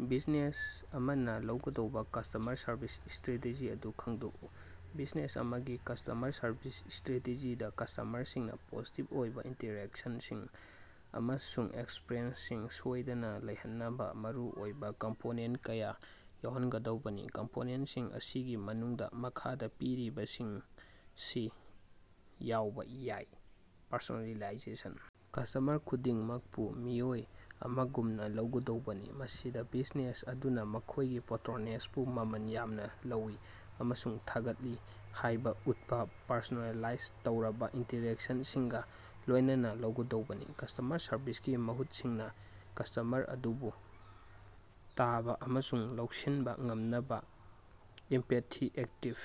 Business ꯑꯃꯅ ꯂꯧꯒꯗꯕ customer service strategy ꯑꯗꯨ ꯈꯪꯗꯣꯛꯎ꯫ ꯕꯤꯖꯤꯅꯦꯁ ꯑꯃꯒꯤ ꯀꯁ꯭ꯇꯃꯔ ꯁꯔꯚꯤꯁ ꯁ꯭ꯇꯔꯥꯇꯦꯖꯤꯗꯥ ꯀꯁ꯭ꯇꯃꯔꯁꯤꯡꯅꯥ ꯄꯣꯖꯤꯇꯤꯚ ꯑꯣꯏꯕꯥ ꯏꯟꯇꯔꯦꯛꯁꯟꯁꯤꯡ ꯑꯃꯁꯨꯡ ꯑꯦꯛꯁꯄꯤꯔꯤꯑꯦꯟꯁꯁꯤꯡ ꯁꯣꯌꯗꯅꯥ ꯂꯩꯍꯟꯅꯕꯥ ꯃꯔꯨꯑꯣꯏꯕꯥ ꯀꯝꯄꯣꯅꯦꯟꯇ ꯀꯌꯥ ꯌꯥꯎꯍꯟꯒꯗꯕꯅꯤ꯫ ꯀꯝꯄꯣꯅꯦꯟꯇꯁꯤꯡ ꯑꯁꯤꯒꯤ ꯃꯅꯨꯡꯗꯥ ꯃꯈꯥꯗꯥ ꯄꯤꯔꯤꯕꯁꯤꯡꯁꯤ ꯌꯥꯎꯕꯥ ꯌꯥꯏ: ꯄꯔꯁꯣꯅꯦꯂꯥꯏꯖꯦꯁꯟ: ꯀꯁ꯭ꯇꯃꯔ ꯈꯨꯗꯤꯡꯃꯛꯄꯨ ꯃꯤꯑꯣꯏ ꯑꯃꯒꯨꯝꯅꯥ ꯂꯧꯒꯗꯕꯅꯤ, ꯃꯁꯤꯗꯥ ꯕꯤꯖꯤꯅꯦꯁ ꯑꯗꯨꯅꯥ ꯃꯈꯣꯏꯒꯤ ꯄꯦꯇꯔꯣꯅꯦꯖꯕꯨ ꯃꯃꯜ ꯌꯥꯝꯅ ꯂꯧꯏ ꯑꯃꯁꯨꯡ ꯊꯥꯒꯠꯂꯤ ꯍꯥꯏꯕ ꯎꯠꯄꯥ ꯄꯔꯁꯣꯅꯦꯂꯥꯏꯖ ꯇꯧꯔꯕ ꯏꯟꯇꯔꯦꯛꯁꯅꯁꯤꯡꯒꯥ ꯂꯣꯏꯅꯅ ꯂꯧꯒꯗꯕꯅꯤ꯫ ꯀꯁ꯭ꯇꯃꯔ ꯁꯔꯚꯤꯁꯀꯤ ꯃꯤꯍꯨꯠꯁꯤꯡꯅꯥ ꯀꯁ꯭ꯇꯃꯔ ꯑꯗꯨꯕꯨ ꯇꯥꯕꯥ ꯑꯃꯁꯨꯡ ꯂꯧꯁꯤꯅꯕꯥ ꯉꯝꯅꯕꯥ ꯏꯝꯄꯥꯇꯤ, ꯑꯦꯛꯇꯤꯕ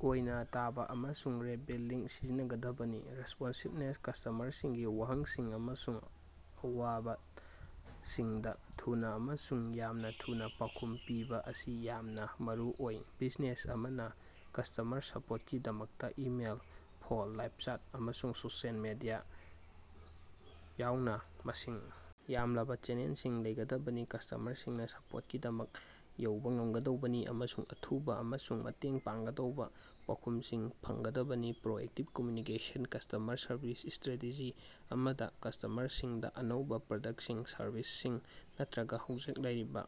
ꯑꯣꯏꯅꯥ ꯇꯥꯕꯥ, ꯑꯃꯁꯨꯡ ꯔꯦꯞ ꯕꯤꯜꯗꯤꯡ ꯁꯤꯖꯤꯟꯅꯒꯗꯕꯅꯤ꯫ ꯔꯦꯁꯄꯣꯟꯁꯤꯕꯅꯦꯁ: ꯀꯁ꯭ꯇꯃꯔꯁꯤꯡꯒꯤ ꯋꯥꯍꯪꯁꯤꯡ ꯑꯃꯁꯨꯡ ꯑꯋꯥꯕꯁꯤꯡꯗꯥ ꯊꯨꯅꯥ ꯑꯃꯁꯨꯡ ꯌꯥꯝꯅꯥ ꯊꯨꯅꯥ ꯄꯥꯎꯈꯨꯝ ꯄꯤꯕꯥ ꯑꯁꯤ ꯌꯥꯝꯅꯥ ꯃꯔꯨꯑꯣꯏ꯫ ꯕꯤꯖꯤꯅꯦꯁ ꯑꯃꯅꯥ ꯀꯁ꯭ꯇꯃꯔ ꯁꯄꯣꯔꯇꯀꯤꯗꯃꯛꯇꯥ ꯏꯃꯦꯜ, ꯐꯣꯟ, ꯂꯥꯏꯕ ꯆꯦꯠ, ꯑꯃꯁꯨꯡ ꯁꯣꯁꯤꯑꯦꯜ ꯃꯤꯗꯤꯌꯥ ꯌꯥꯎꯅ ꯃꯁꯤꯡ ꯌꯥꯝꯂꯕꯥ ꯆꯦꯅꯦꯜꯁꯤꯡ ꯂꯩꯒꯗꯕꯅꯤ꯫ ꯀꯁ꯭ꯇꯃꯔꯁꯤꯡꯅꯥ ꯁꯄꯣꯔꯇꯀꯤꯗꯃꯛꯇꯥ ꯌꯧꯕꯥ ꯉꯝꯒꯗꯕꯅꯤ ꯑꯃꯁꯨꯡ ꯑꯊꯨꯕꯥ ꯑꯃꯁꯨꯡ ꯃꯇꯦꯡ ꯄꯥꯡꯒꯗꯕꯥ ꯄꯥꯎꯈꯨꯝꯁꯤꯡ ꯐꯪꯒꯗꯕꯅꯤ꯫ Proactive communication: customer service strategy ꯑꯃꯗꯥ ꯀꯁ꯭ꯇꯃꯔꯁꯤꯡꯗꯥ ꯑꯅꯧꯕꯥ ꯄ꯭ꯔꯗꯛꯇꯁꯤꯡ, ꯁꯔꯚꯤꯁꯁꯤꯡ ꯅꯠꯇꯔꯒꯥ ꯍꯧꯖꯤꯛ ꯂꯩꯔꯤꯕꯥ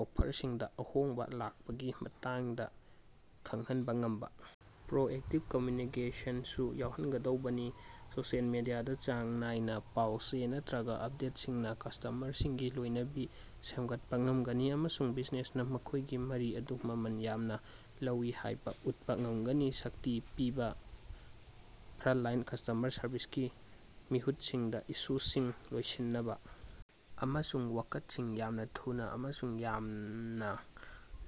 ꯑꯣꯐꯔꯁꯤꯡꯗꯥ ꯑꯍꯣꯡꯕꯥ ꯂꯥꯛꯄꯒꯤ ꯃꯇꯥꯡꯗꯥ ꯈꯪꯍꯅꯕꯥ ꯉꯝꯕꯥ ꯄ꯭ꯔꯣꯑꯦꯛꯇꯤꯚ ꯀꯃꯨꯅꯤꯀꯦꯁꯅꯁꯨ ꯌꯥꯎꯍꯟꯒꯗꯕꯅꯤ꯫ ꯁꯣꯁꯤꯑꯦꯜ ꯃꯤꯗꯤꯌꯥꯗꯥ ꯆꯥꯡ ꯅꯥꯏꯅꯥ ꯄꯥꯎ-ꯆꯦ ꯅꯠꯇꯔꯒꯥ ꯑꯄꯗꯦꯠꯁꯤꯡꯅꯥ ꯀꯁ꯭ꯇꯃꯔꯁꯤꯡꯒꯤ ꯂꯣꯏꯅꯕꯤ ꯁꯦꯝꯒꯠꯄꯥ ꯉꯝꯒꯅꯤ ꯑꯃꯁꯨꯡ ꯕꯤꯖꯤꯅꯦꯁꯅꯥ ꯃꯈꯣꯏꯒꯤ ꯃꯔꯤ ꯑꯗꯨ ꯃꯃꯜ ꯌꯥꯝꯅꯥ ꯂꯧꯏ ꯍꯥꯏꯕꯥ ꯎꯠꯄꯥ ꯉꯝꯒꯅꯤ꯫ ꯁꯛꯇꯤ ꯄꯤꯕꯥ: ꯐ꯭ꯔꯟꯇꯂꯥꯏꯟ ꯀꯁ꯭ꯇꯃꯔ ꯁꯔꯕꯤꯁꯀꯤ ꯃꯤꯍꯨꯠꯁꯤꯡꯗꯥ ꯏꯁꯨꯁꯤꯡ ꯂꯣꯏꯁꯤꯟꯅꯕꯥ ꯑꯃꯁꯨꯡ ꯋꯥꯀꯠꯁꯤꯡ ꯌꯥꯝꯅꯥ ꯊꯨꯅꯥ ꯑꯃꯁꯨꯡ ꯌꯥꯝꯅꯥ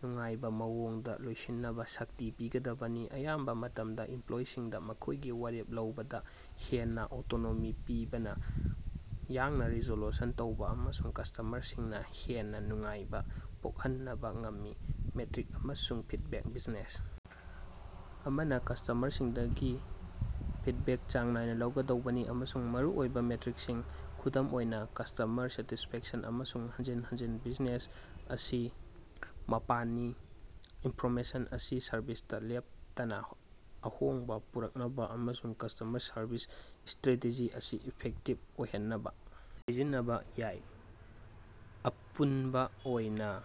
ꯅꯨꯡꯉꯥꯏꯕꯥ ꯃꯑꯣꯡꯗꯥ ꯂꯣꯏꯁꯤꯟꯅꯕꯥ ꯁꯛꯇꯤ ꯄꯤꯒꯗꯕꯅꯤ꯫ ꯑꯌꯥꯝꯕꯥ ꯃꯇꯃꯗꯥ, ꯏꯝꯄꯂꯣꯌꯤꯁꯤꯡꯗꯥ ꯃꯈꯣꯏꯒꯤ ꯋꯥꯔꯦꯞ ꯂꯧꯕꯗꯥ ꯍꯦꯟꯅꯥ ꯑꯣꯇꯣꯅꯣꯃꯤ ꯄꯤꯕꯅꯥ ꯌꯥꯡꯅꯥ ꯔꯤꯖꯣꯜꯌꯨꯁꯟ ꯇꯧꯕꯥ ꯑꯃꯁꯨꯡ ꯀꯁ꯭ꯇꯃꯔꯁꯤꯡꯅꯥ ꯍꯦꯟꯅꯥ ꯅꯨꯡꯉꯥꯏꯕꯥ ꯄꯣꯀꯍꯅꯕꯥ ꯉꯝꯃꯤ꯫ ꯃꯦꯇꯔꯤꯛ ꯑꯃꯁꯨꯡ ꯐꯤꯗꯕꯦꯛ: ꯕꯤꯖꯤꯅꯦꯁ ꯑꯃꯅꯥ ꯀꯁ꯭ꯇꯃꯔꯁꯤꯡꯗꯒꯤ ꯐꯤꯗꯕꯦꯛ ꯆꯥꯡ ꯅꯥꯏꯅꯥ ꯂꯧꯒꯗꯕꯅꯤ ꯑꯃꯁꯨꯡ ꯃꯔꯨ ꯑꯣꯏꯕꯥ ꯃꯦꯠꯔꯤꯀꯁꯤꯡ, ꯈꯨꯗꯝ ꯑꯣꯏꯅꯥ ꯀꯁ꯭ꯇꯃꯔ ꯁꯦꯇꯤꯁꯐꯦꯛꯁꯟ ꯑꯃꯁꯨꯡ ꯍꯟꯖꯤꯟ ꯍꯟꯖꯤꯟ ꯕꯤꯖꯤꯅꯦꯁ ꯑꯁꯤ ꯃꯥꯄꯜꯅꯤ꯫ ꯏꯟꯐꯣꯔꯃꯦꯁꯟ ꯑꯁꯤ ꯁꯔꯚꯤꯁꯇꯥ ꯂꯦꯞꯇꯅꯥ ꯑꯍꯣꯡꯕꯥ ꯄꯨꯔꯛꯅꯕꯥ ꯑꯃꯁꯨꯡ ꯀꯁ꯭ꯇꯃꯔ ꯁꯔꯚꯤꯁ ꯁ꯭ꯇꯔꯥꯇꯦꯖꯤ ꯑꯁꯤ ꯏꯐꯦꯛꯇꯤꯚ ꯑꯣꯏꯍꯟꯅꯕꯥ ꯁꯤꯖꯤꯟꯅꯕꯥ ꯌꯥꯏ꯫ ꯑꯄꯨꯅꯕꯥ ꯑꯣꯏꯅꯥ,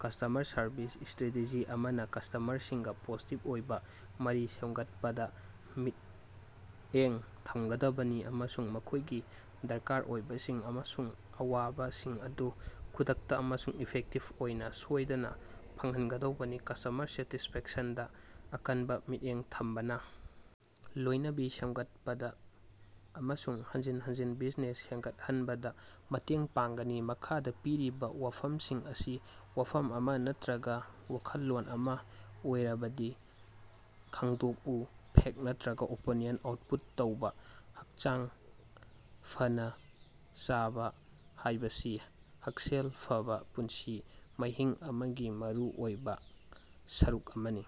ꯀꯁ꯭ꯇꯃꯔ ꯁꯔꯚꯤꯁ ꯁ꯭ꯇꯔꯥꯇꯦꯖꯤ ꯑꯃꯅꯥ ꯀꯁ꯭ꯇꯃꯔꯁꯤꯡꯒꯥ ꯄꯣꯖꯤꯇꯤꯚ ꯑꯣꯏꯕꯥ ꯃꯔꯤ ꯁꯦꯝꯒꯠꯄꯗꯥ ꯃꯤꯠꯌꯦꯡ ꯊꯝꯒꯗꯕꯅꯤ ꯑꯃꯁꯨꯡ ꯃꯈꯣꯏꯒꯤ ꯗꯔꯀꯥꯔ ꯑꯣꯏꯕꯁꯤꯡ ꯑꯃꯁꯨꯡ ꯑꯋꯥꯕꯁꯤꯡ ꯑꯗꯨ ꯈꯨꯗꯛꯇꯥ ꯑꯃꯁꯨꯡ ꯏꯐꯦꯛꯇꯤꯚ ꯑꯣꯏꯅꯥ ꯁꯣꯏꯗꯅꯥ ꯐꯪꯍꯟꯒꯗꯕꯅꯤ꯫ ꯀꯁ꯭ꯇꯃꯔ ꯁꯦꯇꯤꯁꯐꯦꯛꯁꯅꯗꯥ ꯑꯀꯟꯕꯥ ꯃꯤꯠꯌꯦꯡ ꯊꯝꯕꯅꯥ ꯂꯣꯏꯅꯕꯤ ꯁꯦꯝꯒꯠꯄꯗꯥ ꯑꯃꯁꯨꯡ ꯍꯟꯖꯤꯟ ꯍꯟꯖꯤꯟ ꯕꯤꯖꯤꯅꯦꯁ ꯍꯦꯟꯒꯠꯍꯟꯕꯗꯥ ꯃꯇꯦꯡ ꯄꯥꯡꯒꯅꯤ꯫ ꯃꯈꯥꯗꯥ ꯄꯤꯔꯤꯕꯥ ꯋꯥꯐꯝ ꯑꯁꯤ ꯋꯥꯐꯝ ꯑꯃꯥ ꯅꯠꯇꯔꯒꯥ ꯋꯥꯈꯜꯂꯣꯟ ꯑꯃꯥ ꯑꯣꯏꯔꯕꯗꯤ ꯈꯪꯗꯣꯛꯎ꯫ "ꯐꯦꯛꯇ" ꯅꯠꯔꯒꯥ "ꯑꯣꯄꯤꯅꯤꯌꯟ" ꯑꯥꯎꯠꯄꯨꯠ ꯇꯧꯕꯥ꯫ ꯍꯛꯆꯥꯡ ꯐꯅꯥ ꯆꯥꯕꯥ ꯍꯥꯏꯕꯁꯤ ꯍꯛꯁꯦꯜ ꯐꯕꯥ ꯄꯨꯟꯁꯤ ꯃꯍꯤꯡ ꯑꯃꯒꯤ ꯃꯔꯨꯑꯣꯏꯕꯥ ꯁꯔꯨꯛ ꯑꯃꯅꯤ꯫